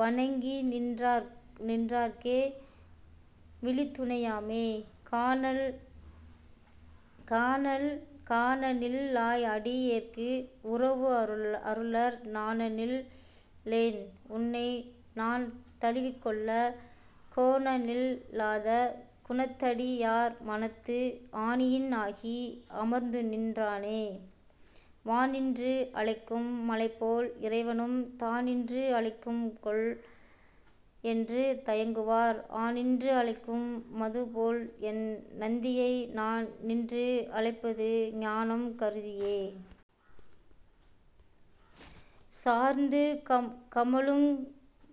வணங்கிநின் றார்க்கே வழித்துணை யாமே. காணநில் லாய்அடி யேற்குஉறவுஆருளர் நாணநில் லேன்உன்னை நான்தழு விக்கொளக் கோணநில் லாத குணத்தடி யார்மனத்து ஆணியன் ஆகி அமர்ந்துநின் றானே. வான்நின்று அழைக்கும் மழைபோல் இறைவனும் தானினறு அழைக்கும்கொல் என்று தயங்குவார் ஆன்நின்று அழைக்கு மதுபோல்என் நந்தியை நான்நின்று அழைப்பது ஞானம் கருதியே. சாந்து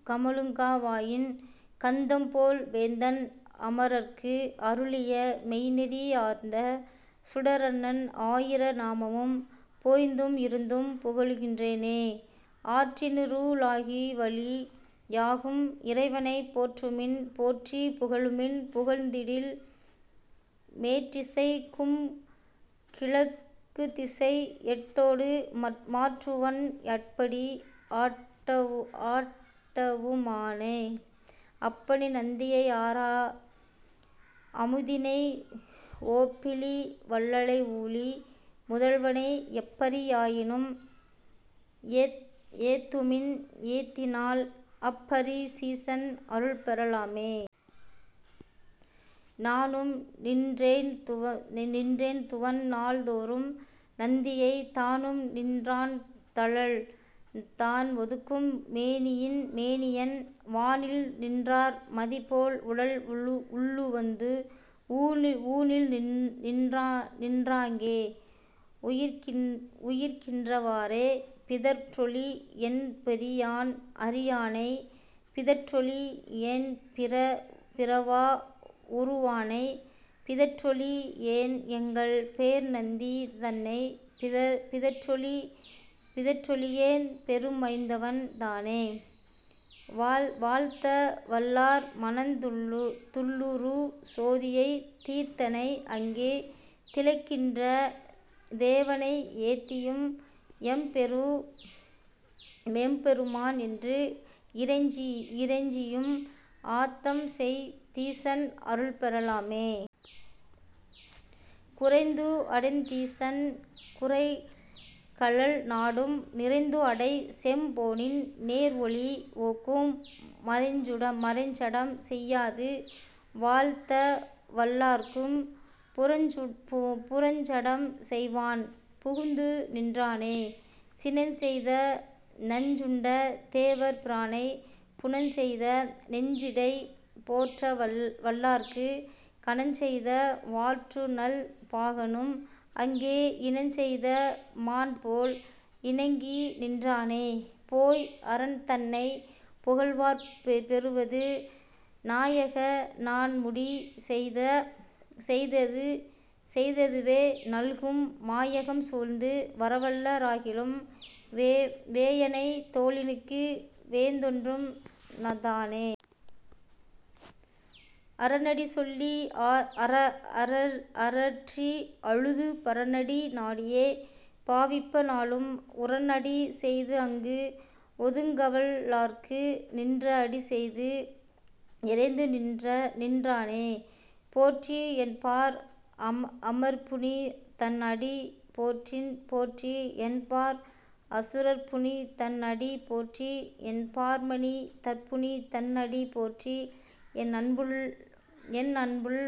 கமழுங் கவாயின் கந்தம்போல் வேந்தன் அமரர்க்கு அருளிய மெய்ந்நெறி ஆர்ந்த சுடரன்ன ஆயிர நாமமும் போந்தும் இருந்தும் புகழுகின் றேனே. ஆற்றுகி லாவழி யாகும் இறைவனைப் போற்றுமின் போற்றிப் புகழ்மின் புகழ்ந்திடில் மேற்றிசைக் கும்கிழக் குத்திசை எட்டொடு மாற்றுவன் அப்படி ஆட்டவு மாமே. அப்பனை நந்தியை ஆரா அமுதினை ஓப்பிலி வள்ளலை ஊழி முதல்வனை எப்பரி சாயினும் ஏத்துமின் ஏத்தினால் அப்பரி சீசன் அருள்பெற லாமே. நானும்நின் றேத்துவன் நாள்தொறும் நந்தியைத் தானும்நின் றான்தழல் தான்ஒக்கும் மேனியன் வானில்நின் றார்மதி போல்உடல் உள்ளுவந்து ஊனில்நின் றாங்கே உயிர்க்கின்ற வாறே. பிதற்றொழி யேன்பெரி யான்அரி யானைப் பிதற்றொழி யேன்பிற வாஉரு வானைப் பிதற்றொழி யேன்எங்கள் பேர்நந்தி தன்னைப் பிதற்றொழி யேன்பெரு மைத்தவன் தானே. வாழ்த்தவல் லார்மனத் துள்ளுறு சோதியைத் தீர்த்தனை அங்கே திளைக்கின்ற தேவனை ஏத்தியும் எம்பெரு மான்என்றுஇறைஞ்சியும் ஆத்தம் செய் தீசன் அருள்பெற லாமே. குறைந்துஅடைந் தீசன் குரைகழல் நாடும் நிறைந்துஅடை செம்பொனின் நேர்ஒளி ஒக்கும் மறைஞ்சடம் செய்யாது வாழ்த்தவல் லார்க்குப் புறஞ்சடம் செய்வான் புகுந்துநின் றானே. சினஞ்செய்த நஞ்சுண்ட தேவர் பிரானைப் புனஞ்செய்த நெஞ்சிடை போற்றவல் லார்க்குக் கனஞ்செய்த வாள்நுதல் பாகனும் அங்கே இனஞ்செய்த மான்போல் இணங்கிநின் றானே. போய்அரன் தன்னைப் புகழ்வார் பெறுவது நாயக னான்முடி செய்தது வேநல்கும் மாயகம் சூழ்ந்து வரவல்ல ராகிலும் வேயன தோளிக்கு வேந்தொன்றும் தானே. அரனடி சொல்லி அரற்றி அழுது பரனடி நாடியே பாவிப்ப நாளும் உரன்அடி செய்துஅங்கு ஓதுங்கவல் லார்க்கு நிரன்அடி செய்து நிறைந்துநின் றானே. போற்றிஎன் பார்அம ரர்புனி தன்அடி போற்றிஎன் பார்அசு ரர்புனி தன்அடி போற்றிஎன் பார்மனி தர்புனி தன்அடி போற்றிஎன் அன்புள்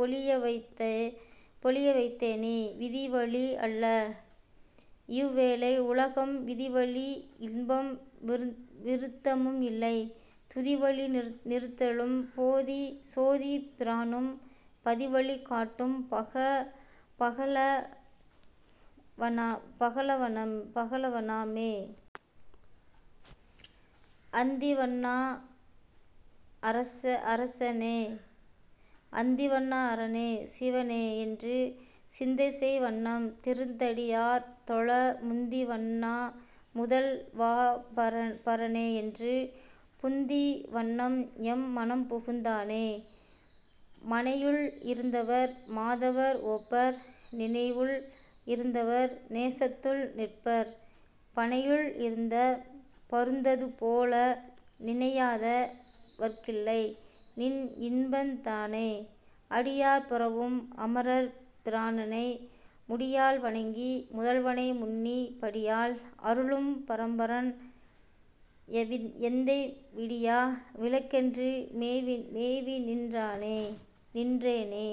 பொலியவைத் தேனே. விதிவழி அல்லதுஇவ் வேலை உலகம் விதிவழி இன்பம் விருத்தமும் இல்லை துதிவழி நித்தலும் சோதிப் பிரானும் பதிவழி காட்டும் பகலவ னாமே. அந்திவண் ணாஅர னேசிவ னேஎன்று சிந்தைசெய் வண்ணம் திருந்தடி யார்தொழ முந்திவண் ணாமுதல் வாபர னேஎன்று புந்தி வண்ணன்எம் மனம்புகுந் தானே. மனையுள் இருந்தவர் மாதவர் ஒப்பர் நினைவுள் இருந்தவர் நேசத்துள் நிற்பர் பனையுள் இருந்த பருந்தது போல நினையாத வர்க்கில்லை நின்இன்பந் தானே. அடியார் பரவும் அமரர் பிரானை முடியால் வணங்கி முதல்வனை முன்னிப் படியால் அருளும் பரம்பரன் எந்தை விடியா விளக்கென்று மேவிநின் றேனே.